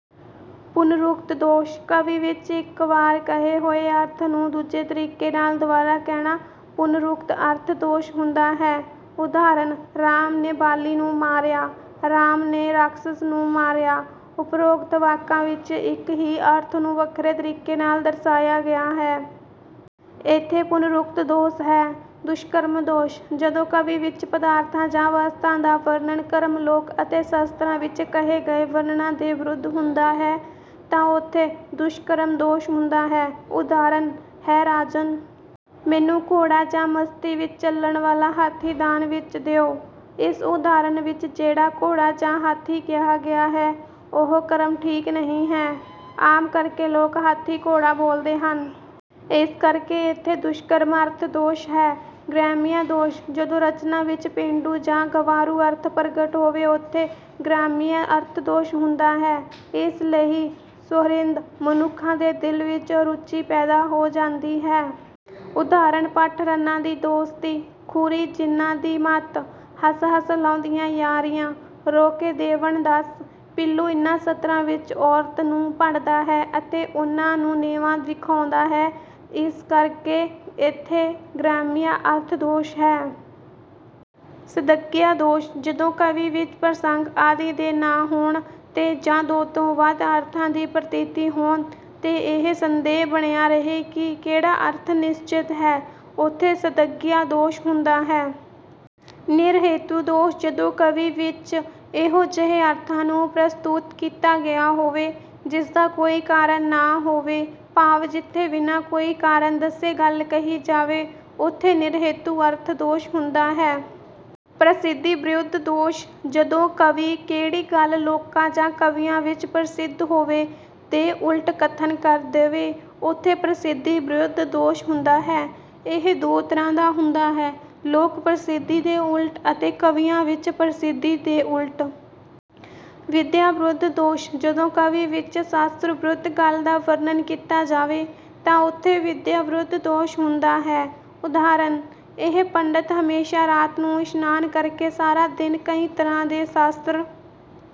ਪੁਨਰੁਕਤ ਦੋਸ਼: ਕਾਵਿ ਵਿੱਚ ਇੱਕ ਵਾਰ ਕਹੇ ਹੋਏ ਅਰਥ ਨੂੰ ਦੂਜੇ ਤਰੀਕੇ ਨਾਲ ਦੁਬਾਰਾ ਕਹਿਣਾ ਪੁਨਰੁਕਤ ਅਰਥ ਦੋਸ਼ ਹੁੰਦਾ ਹੈ। ਉਦਾਹਰਣ- ਰਾਮ ਨੇ ਬਾਲੀ ਨੂੰ ਮਾਰਿਆ। ਰਾਮ ਨੇ ਰਾਖਸ਼ਸ ਨੂੰ ਮਾਰਿਆ। ਉਪਰੋਕਤ ਵਾਕਾਂ ਵਿੱਚ ਇੱਕ ਹੀ ਅਰਥ ਨੂੰ ਵੱਖਰੇ ਤਰੀਕੇ ਨਾਲ ਦਰਸਾਇਆ ਗਿਆ ਹੈ। ਇਥੇ ਪੁਨਰੁਕਤ ਦੋਸ਼ ਹੈ। ਦੁਸ਼ਕ੍ਰਮ ਦੋਸ਼: ਜਦੋਂ ਕਾਵਿ ਵਿੱਚ ਪਦਾਰਥਾਂ ਜਾਂ ਵਸਤਾਂ ਦਾ ਵਰਣਨ-ਕ੍ਰਮ ਲੋਕ ਅਤੇ ਸ਼ਾਸਤਰਾਂ ਵਿੱਚ ਕਹੇ ਗਏ ਵਰਣਨ ਦੇ ਵਿਰੁੱਧ ਹੁੰਦਾ ਹੈ ਤਾਂ ਉੱਥੇ ਦੁਸ਼ਕ੍ਰਮ ਦੋਸ਼ ਹੁੰਦਾ ਹੈ। ਉਦਾਹਰਣ- ਹੇ ਰਾਜਨ! ਮੈਨੂੰ ਘੋੜਾ ਜਾਂ ਮਸਤੀ ਵਿੱਚ ਚੱਲਣ ਵਾਲਾ ਹਾਥੀ ਦਾਨ ਵਿੱਚ ਦਿਓ। ਇਸ ਉਦਾਹਰਣ ਵਿੱਚ ਜਿਹੜਾ ਘੋੜਾ ਜਾਂ ਹਾਥੀ ਕਿਹਾ ਗਿਆ ਹੈ, ਉਹ ਕ੍ਰਮ ਠੀਕ ਨਹੀਂ ਹੈ। ਆਮ ਕਰਕੇ ਲੋਕ 'ਹਾਥੀ ਘੋੜਾ' ਬੋਲਦੇ ਹਨ। ਇਸ ਕਰਕੇ ਇੱਥੇ ਦੁਸ਼ਕ੍ਰਮ ਅਰਥ ਦੋਸ਼ ਹੈ। ਗ੍ਰਾਮਯ ਦੋਸ਼: ਜਦੋਂ ਰਚਨਾ ਵਿੱਚ ਪੇਂਡੂ ਜਾਂ ਗੰਵਾਰੂ ਅਰਥ ਪ੍ਰਗਟ ਹੋਵੇ ਉੱਥੇ ਗ੍ਰਾਮਯ ਅਰਥ ਦੋਸ਼ ਹੁੰਦਾ ਹੈ। ਇਸ ਨਾਲ ਸੁਹਿਰਦ ਮਨੁੱਖਾਂ ਦੇ ਦਿਲ ਵਿੱਚ ਅਰੁੱਚੀ ਪੈਦਾ ਹੋ ਜਾਂਦੀ ਹੈ। ਉਦਾਹਰਣ- ਭਠ ਰੰਨਾਂ ਦੀ ਦੋਸਤੀ, ਖ਼ੁਰੀ ਜਿਨ੍ਹਾਂ ਦੀ ਮਤ। ਹੱਸ ਹੱਸ ਲਾਉਂਦੀਆਂ ਯਾਰੀਆਂ, ਰੋ ਕੇ ਦੇਵਣ ਦੱਸ। ਪੀਲੂ ਇਨ੍ਹਾਂ ਸਤਰਾਂ ਵਿੱਚ ਔਰਤ ਨੂੰ ਭੰਡਦਾ ਹੈ ਅਤੇ ਉਨ੍ਹਾਂ ਨੂੰ ਨੀਵਾਂ ਵਿਖਾਉਂਦਾ ਹੈ, ਇਸ ਕਰਕੇ ਇਥੇ ਗ੍ਰਾਮਯ ਅਰਥ ਦੋਸ਼ ਹੈ। ਸੰਦਿਗਧ ਦੋਸ਼: ਜਦੋਂ ਕਾਵਿ ਵਿੱਚ ਪ੍ਰਸੰਗ ਆਦਿ ਦੇ ਨਾ ਹੋਣ 'ਤੇ ਜਾਂ ਦੋ ਤੋਂ ਵੱਧ ਅਰਥਾਂ ਦੀ ਪ੍ਰਤੀਤੀ ਹੋਣ 'ਤੇ ਇਹ ਸੰਦੇਹ ਬਣਿਆ ਰਹੇ ਕਿ ਕਿਹੜਾ ਅਰਥ ਨਿਸ਼ਚਿਤ ਹੈ, ਉੱਥੇ ਸੰਦਿਗਧ ਦੋਸ਼ ਹੁੰਦਾ ਹੈ। ਨਿਰਹੇਤੂ ਦੋਸ਼: ਜਦੋਂ ਕਾਵਿ ਵਿੱਚ ਇਹੋ ਜਿਹੇ ਅਰਥ ਨੂੰ ਪ੍ਰਸਤੂਤ ਕੀਤਾ ਗਿਆ ਹੋਵੇ ਜਿਸਦਾ ਕੋਈ ਕਾਰਨ ਨਾ ਹੋਵੇ ਭਾਵ ਜਿਥੇ ਬਿਨ੍ਹਾਂ ਕੋਈ ਕਾਰਨ ਦੱਸੇ ਗੱਲ ਕਹੀ ਜਾਵੇ ਉੱਥੇ ਨਿਰਹੇਤੂ ਅਰਥ ਦੋਸ਼ ਹੁੰਦਾ ਹੈ। ਪ੍ਰਸਿੱਧੀਵਿਰੁੱਧ ਦੋਸ਼: ਜਦੋਂ ਕਵੀ ਕੇਹੜੀ ਗੱਲ ਲੋਕਾਂ ਜਾਂ ਕਵੀਆਂ ਵਿੱਚ ਪ੍ਰਸਿੱਧ ਹੋਵੇ, ਦੇ ਉਲਟ ਕਥਨ ਕਰ ਦੇਵੇ, ਉਥੇ 'ਪ੍ਰਸਿੱਧੀਵਿਰੁੱਧ' ਦੋਸ਼ ਹੁੰਦਾ ਹੈ। ਇਹ ਦੋ ਤਰ੍ਹਾਂ ਦਾ ਹੁੰਦਾ ਹੈ- ਲੋਕ ਪ੍ਰਸਿੱਧੀ ਦੇ ਉੱਲਟ ਅਤੇ ਕਵੀਆਂ ਵਿੱਚ ਪ੍ਰਸਿੱਧੀ ਦੇ ਉਲਟ। ਵਿਦਿਆ ਵਿਰੁੱਧ ਦੋਸ਼: ਜਦੋਂ ਕਾਵਿ ਵਿੱਚ ਸ਼ਾਸਤਰ ਵਿਰੁੱਧ ਗੱਲ ਦਾ ਵਰਣਨ ਕੀਤਾ ਜਾਵੇ ਤਾਂ ਉਥੇ ਵਿਦਿਆ ਵਿਰੁੱਧ ਦੋਸ਼ ਹੁੰਦਾ ਹੈ। ਉਦਾਹਰਣ- ਇਹ ਪੰਡਤ ਹਮੇਸ਼ਾ ਰਾਤ ਨੂੰ ਇਸ਼ਨਾਨ ਕਰਕੇ ਸਾਰਾ ਦਿਨ ਕਈ ਤਰ੍ਹਾਂ ਦੇ ਸ਼ਾਸਤਰ